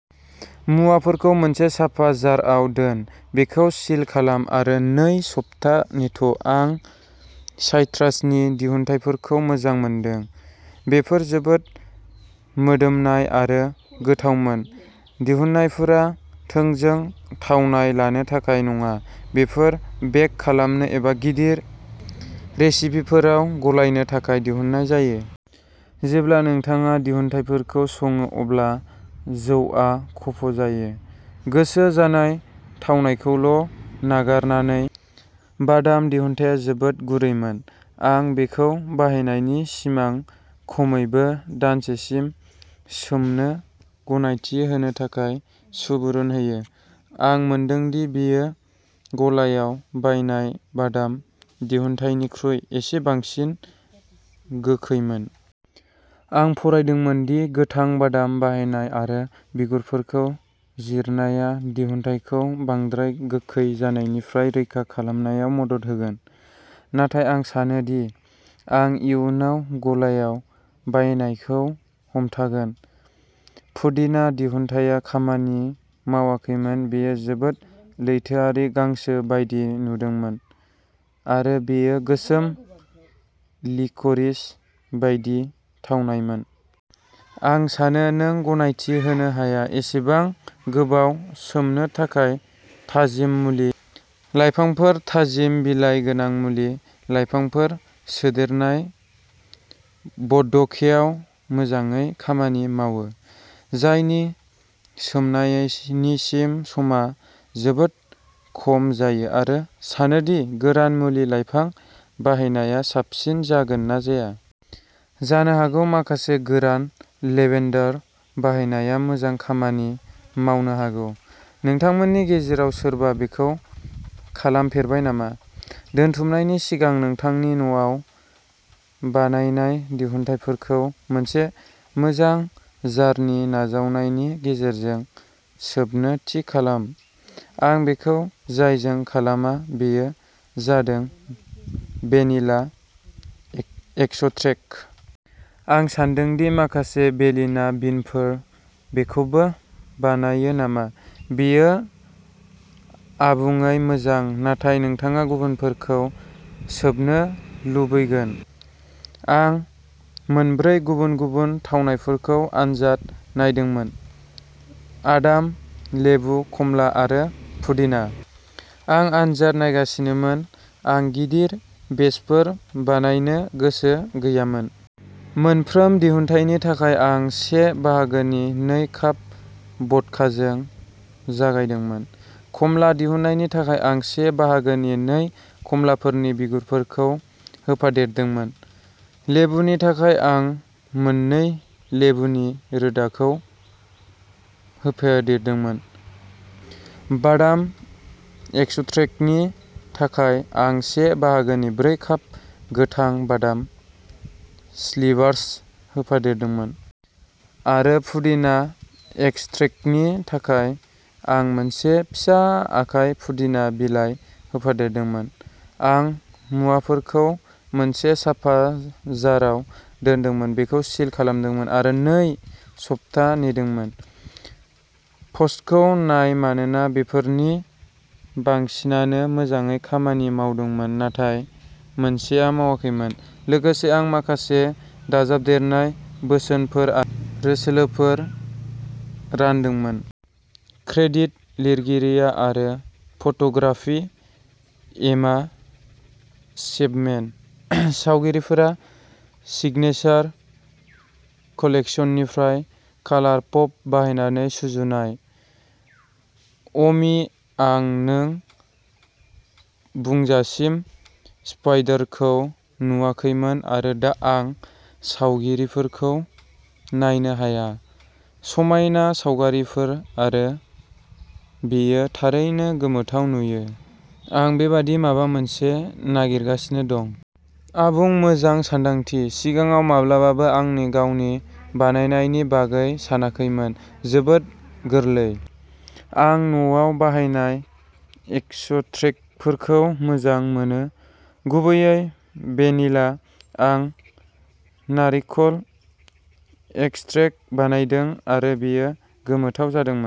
मुवाफोरखौ मोनसे साफा जार आव दोन, बेखौ सिल खालाम, आरो नै सप्ता नेथ' आं साइट्रासनि दिहुनथायफोरखौ मोजां मोनदों बेफोर जोबोद मोदोमनाय आरो गोथावमोन। दिहुनथायफोरा थोंजों थावनाय लानो थाखाय नङा बेफोर बेक खालामनो एबा गिदिर रेसिपिफोराव गलायनो थाखाय दिहुननाय जायो। जेब्ला नोंथाङा दिहुनथायफोरखौ सङो अब्ला जौआ खफ'जायो गोसो जानाय थावनायखौल' नागारनानै। बादाम दिहुनथाया जोबोद गुरैमोन। आं बेखौ बाहायनायनि सिगां खमैबो दानसेसिम सोमनो गनायथि होनो थाखाय सुबुरुन होयो। आं मोनदों दि बेयो गलायाव बायनाय बादाम दिहुनथायनिख्रुइ एसे बांसिन गोखैमोन। आं फरायदोंमोन दि गोथां बादाम बाहायनाय आरो बिगुरफोरखौ जिरनाया दिहुनथायखौ बांद्राय गोखै जानायनिफ्राय रैखा खालामनायाव मदद होगोन। नाथाय आं सानो दि आं इयुनाव गलायाव बायनायखौ हमथागोन। पुदिना दिहुनथाया खामानि मावाखैमोन बेयो जोबोद लैथोआरि गांसो बायदि नुदोंमोन आरो बेयो गोसोम लिक'रिस बायदि थावनायमोन। आं सानो नों गनायथि होनो हाया। एसेबां गोबाव सोमनो थाखाय थाजिम मुलि लाइफांफोर थाजिम, बिलाइ गोनां मुलि लाइफांफोर सोदेरनाय भद'कायाव मोजाङै खामानि मावो जायनि सोमनायनि समा जोबोद खम जायो। आं सानो दि गोरान मुलि लाइफां बाहायनाया साबसिन जागोन ना जाया। जानो हागौ माखासे गोरान लेभेन्डार बाहायनाया मोजां खामानि मावनो हागौ। नोंथांमोननि गेजेराव सोरबा बेखौ खालामफेरबाय नामा? दोनथुमनायनि सिगां नोंथांनि न'आव बानायनाय दिहुनथायफोरखौ मोनसे मोजां जारनि नाजावनायनि गेजेरजों सोबनो थि खालाम। आं बेखौ जायजों खालामा बेयो जादों भेनिला एक्स'ट्रेक्ट। आं सान्दों दि माखासे भेनिला बिनफोर बेखौबो बानायो नामा बेयो आबुङै मोजां। नाथाय नोंथाङा गुबुनफोरखौ सोबनो लुबैगोन। आं मोनब्रै गुबुन गुबुन थावनायफोरखौ आनजाद नायदोंमोन बादाम, लेबु, खमला आरो पुदिना। आं आनजाद नायगासिनोमोन, आं गिदिर बेचफोर बानायनो गोसो गैयामोन। मोनफ्रोम दिहुनथायनि थाखाय आं से बाहागोनि नै काप भडकाजों जागायदोंमोन। खमला दिहुनथायनि थाखाय आं से बाहागोनि नै खमलाफोरनि बिगुरफोरखौ होफादेरदोंमोन। लेबुनि थाखाय आं मोननै लेबुनि रोदाफोरखौ होफादेरदोंमोन। बादाम एक्स'ट्रेक्टनि थाखाय, आं से बाहागोनि ब्रै काप गोथां बादाम स्लिभार्स होफादेरदोंमोन। आरो पुदिना एक्स'ट्रेक्टनि थाखाय आं मोनसे फिसा आखाइ पुदिना बिलाइ होफादेरदोंमोन। आं मुवाफोरखौ मोनसे साफा जाराव दोनदोंमोन, बेखौ सिल खालामदोंमोन, आरो नै सप्ता नेदोंमोन। प'स्टखौ नाय मानोना बेफोरनि बांसिनानो मोजाङै खामानि मावदोंमोन नाथाय मोनसेआ मावाखैमोन लोगोसे आं माखासे दाजाबदेरनाय बोसोनफोर आरो सोलोफोर रानदोंमोन। क्रेडिट लिरगिरि आरो फट'ग्राफि एमा चेपमेन। सावगारिफोरा सिगनेचार कालेक्सननिफ्राय कालार पप बाहायनानै सुजुनाय। अ'मि आं नों बुंजासिम स्पाइडरखौ नुवाखैमोन आरो दा आं सावगारिफोरखौ नायनो हाया। समायना सावगारिफोर आरो बेयो थारैनो गोमोथाव नुयो आं बेबादि माबा मोनसे नागिरगासिनो दं। आबुं मोजां सानदांथि। सिगाङाव माब्लाबाबो आंनि गावनि बानायनायनि बागै सानाखैमोन जोबोद गोरलै। आं न'आव बानायनाय एक्स'ट्रेक्टफोरखौ मोजां मोनो, गुबैयै भेनिला आं नारिखल एक्स'ट्रेक्ट बानायदों आरो बेयो गोमोथाव जादोंमोन।